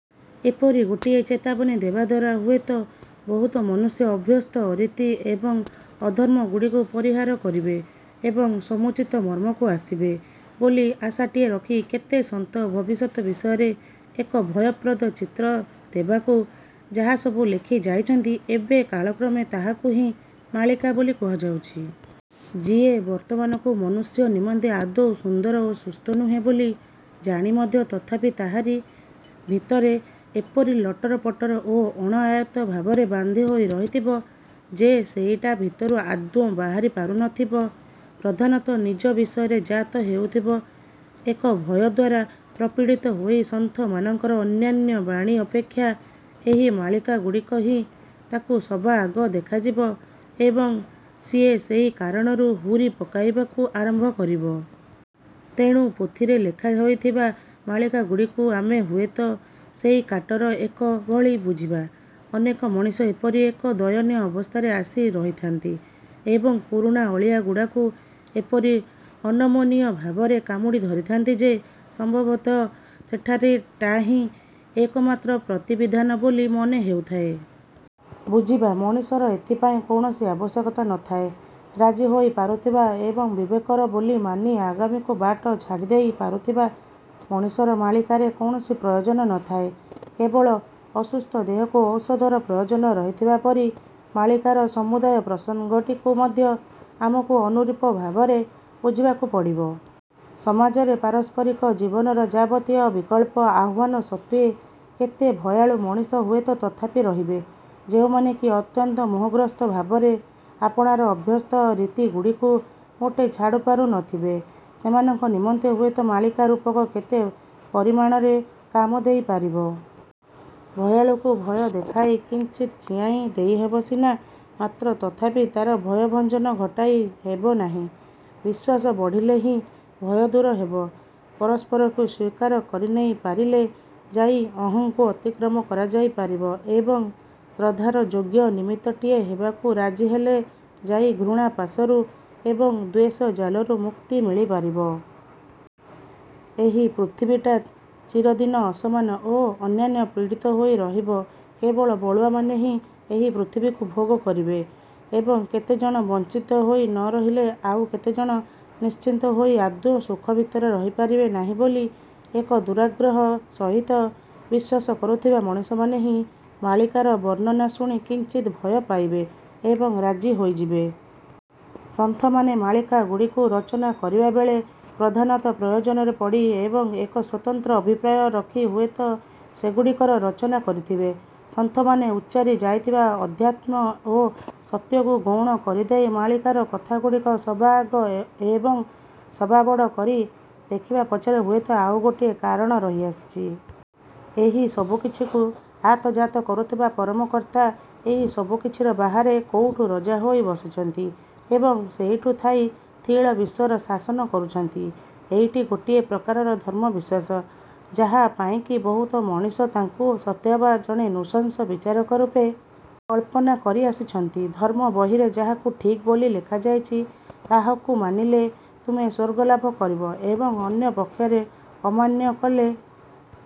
ଏପରି ଗୋଟିଏ ଚେତାବନୀ ଦେବାଦ୍ୱାରା ହୁଏତ ବହୁତ ମନୁଷ୍ୟ ଅଭ୍ୟସ୍ତ ଅରୀତି ଏବଂ ଅଧର୍ମଗୁଡ଼ିକୁ ପରିହାର କରିବେ ଏବଂ ସମୁଚିତ ମର୍ମକୁ ଆସିବେ ବୋଲି ଆଶାଟିଏ ରଖି କେତେ ସନ୍ଥ ଭବିଷ୍ୟତ ବିଷୟରେ ଏକ ଭୟପ୍ରଦ ଚିତ୍ର ଦେବାକୁ ଯାହାସବୁ ଲେଖି ଯାଇଛନ୍ତି ଏବେ କାଳକ୍ରମେ ତାହାକୁ ହିଁ ମାଳିକା ବୋଲି କୁହାଯାଉଛି। ଯିଏ ବର୍ତ୍ତମାନକୁ ମନୁଷ୍ୟ ନିମନ୍ତେ ଆଦୌ ସୁନ୍ଦର ଓ ସୁସ୍ଥ ନୁହେଁ ବୋଲି ଜାଣି ମଧ୍ୟ ତଥାପି ତାହାରି। ଭିତରେ ଏପରି ଲଟରପଟର ଓ ଅଣଆୟତ୍ତ ଭାବରେ ବାନ୍ଧି ହୋଇ ରହିଥିବ ଯେ ସେଇଟା ଭିତରୁ ଆଦୌ ବାହାରି ପାରୁନଥିବ ପ୍ରଧାନତଃ ନିଜ ବିଷୟରେ ଜାତ ହେଉଥିବା ଏକ ଭୟ ଦ୍ଵାରା ପ୍ରପୀଡ଼ିତ ହୋଇ ସନ୍ଥମାନଙ୍କର ଅନ୍ୟାନ୍ୟ ବାଣୀ ଅପେକ୍ଷା ଏହି ମାଳିକାଗୁଡ଼ିକ ହିଁ ତାକୁ ସବାଆଗ ଦେଖାଯିବ ଏବଂ ସିଏ ସେହି କାରଣରୁ ହୁରି ପକାଇବାକୁ ଆରମ୍ଭ କରିବ। ତେଣୁ ପୋଥିରେ ଲେଖା ହୋଇଥିବା ମାଳିକାଗୁଡ଼ିକୁ ଆମେ ହୁଏତ ସେହି କାଟର ଏକ ଭଳି ବୁଝିବା। ଅନେକ ମଣିଷ ଏପରି ଏକ ଦୟନୀୟ ଅବସ୍ଥାରେ ଆସି ରହିଥାନ୍ତି ଏବଂ ପୁରୁଣା ଅଳିଆଗୁଡ଼ାକୁ ଏପରି ଅନମନୀୟ ଭାବରେ କାମୁଡ଼ି ଧରିଥାନ୍ତି ଯେ ସମ୍ଭବତଃ ସେଠାରେ ଟା ହିଁ ଏକମାତ୍ର ପ୍ରତିବିଧାନ ବୋଲି ମନେହେଉଥାଏ-। ବୁଝିବା ମଣିଷର ଏଥିପାଇଁ କୌଣସି ଆବଶ୍ୟକତା ନଥାଏ। ରାଜି ହୋଇପାରୁଥିବା ଏବଂ ବିବେକର ବୋଲମାନି ଆଗାମୀକୁ ବାଟ ଛାଡ଼ିଦେଇ ପାରୁଥିବା ମଣିଷର ମାଳିକାରେ କୌଣସି ପ୍ରୟୋଜନ ନଥାଏ। କେବଳ ଅସୁସ୍ଥ ଦେହକୁ ଔଷଧର ପ୍ରୟୋଜନ ରହିଥିବା ପରି ମାଳିକାର ସମୁଦାୟ ପ୍ରସଙ୍ଗଟିକୁ ମଧ୍ୟ ଆମକୁ ଅନୁରୂପ ଭାବରେ ବୁଝିବାକୁ ପଡ଼ିବ। ସମାଜରେ, ପାରସ୍ପରିକ ଜୀବନର ଯାବତୀୟ ବିକଳ୍ପ ଆହ୍ୱାନ ସତ୍ତ୍ୱେ କେତେ ଭୟାଳୁ ମଣିଷ ହୁଏତ ତଥାପି ରହିବେ, ଯେଉଁମାନେ କି ଅତ୍ୟନ୍ତ ମୋହଗ୍ରସ୍ତ ଭାବରେ ଆପଣାର ଅଭ୍ୟସ୍ତ ରୀତିଗୁଡ଼ିକୁ ମୋଟେ ଛାଡ଼ିପାରୁ ନଥିବେ। ସେମାନଙ୍କ ନିମନ୍ତେ ହୁଏତ ମାଳିକା ରୂପକ କେତେ ପରିମାଣରେ କାମ ଦେଇପାରିବ। ଭୟାଳୁକୁ ଭୟ ଦେଖାଇ କିଞ୍ଚିତ୍ ଚିଆଇଁ ଦେଇହେବ ସିନା, ମାତ୍ର ତଥାପି ତା'ର ଭୟଭଞ୍ଜନ ଘଟାଇ ହେବନାହିଁ। ବିଶ୍ୱାସ ବଢ଼ିଲେ ହିଁ ଭୟ ଦୂର ହେବ, ପରସ୍ପରକୁ ସ୍ୱୀକାର କରିନେଇ ପାରିଲେ ଯାଇ ଅହଂକୁ ଅତିକ୍ରମ କରାଯାଇ ପାରିବ ଏବଂ ଶ୍ରଦ୍ଧାର ଯୋଗ୍ୟ ନିମିତ୍ତଟିଏ ହେବାକୁ ରାଜି ହେଲେ ଯାଇ ଘୃଣାପାଶରୁ ଏବଂ ଦ୍ୱେଷଜାଲରୁ ମୁକ୍ତି ମିଳିପାରିବ। ଏହି ପୃଥିବୀଟା ଚିରଦିନ ଅସମାନ ଓ ଅନ୍ୟାୟପୀଡ଼ିତ ହୋଇ ରହିବ କେବଳ ବଳୁଆମାନେ ହିଁ ଏହି ପୃଥିବୀକୁ ଭୋଗ କରିବେ ଏବଂ କେତେଜଣ ବଂଚିତ ହୋଇ ନ ରହିଲେ ଆଉ କେତେଜଣ ନିଶ୍ଚିନ୍ତ ହୋଇ ଆଦୌ ସୁଖ ଭିତରେ ରହିପାରିବେ ନାହିଁ ବୋଲି ଏକ ଦୁରାଗ୍ରହ ସହିତ ବିଶ୍ଵାସ କରୁଥିବା ମଣିଷମାନେ ହିଁ ମାଳିକାର ବର୍ଣ୍ଣନା ଶୁଣି କିଞ୍ଚିତ୍ ଭୟ ପାଇବେ ଏବଂ ରାଜି ହୋଇଯିବେ। ସନ୍ଥମାନେ ମାଳିକାଗୁଡ଼ିକୁ ରଚନା କରିବାବେଳେ ପ୍ରଧାନତଃ ପ୍ରୟୋଜନରେ ପଡ଼ି ଏବଂ ଏକ ସ୍ଵତନ୍ତ୍ର ଅଭିପ୍ରାୟ ରଖି ହୁଏତ ସେଗୁଡ଼ିକର ରଚନା କରିଥିବେ। ସନ୍ଥମାନେ ଉଚ୍ଚାରି ଯାଇଥିବା ଅଧ୍ୟାତ୍ମ ଓ ସତ୍ୟକୁ ଗୌଣ କରିଦେଇ ମାଳିକାର କଥାଗୁଡ଼ିକୁ ସବାଆଗ ଏବଂ ସବାବଡ଼ କରି ଦେଖିବା ପଛରେ ହୁଏତ ଆଉ ଗୋଟିଏ କାରଣ ରହିଆସିଛି। ଏହି ସବୁକିଛିକୁ ଆତଯାତ କରୁଥିବା ପରମକର୍ତ୍ତା ଏହି ସବୁକିଛିର ବାହାରେ କୋଉଠି ରଜା ହୋଇ ବସିଛନ୍ତି ଏବଂ ସେଇଠୁ ଥାଇ ଖିଳ ବିଶ୍ୱର ଶାସନ କରୁଛନ୍ତି ଏଇଟି ଗୋଟିଏ ପ୍ରକାରର ଧର୍ମବିଶ୍ଵାସ, ଯାହା ପାଇଁକି ବହୁତ ମଣିଷ ତାଙ୍କୁ ସତେଅବା ଜଣେ ନୃଶଂସ ବିଚାରକ ରୂପେ କଳ୍ପନା କରିଆସିଛନ୍ତି ଧର୍ମବହିରେ ଯାହାକୁ ଠିକ୍ ବୋଲି ଲେଖାଯାଇଛି ତାହକୁ ମାନିଲେ ତୁମେ ସ୍ୱର୍ଗଲାଭ କରିବ ଏବଂ ଅନ୍ୟପକ୍ଷରେ ଅମାନ୍ୟ କଲେ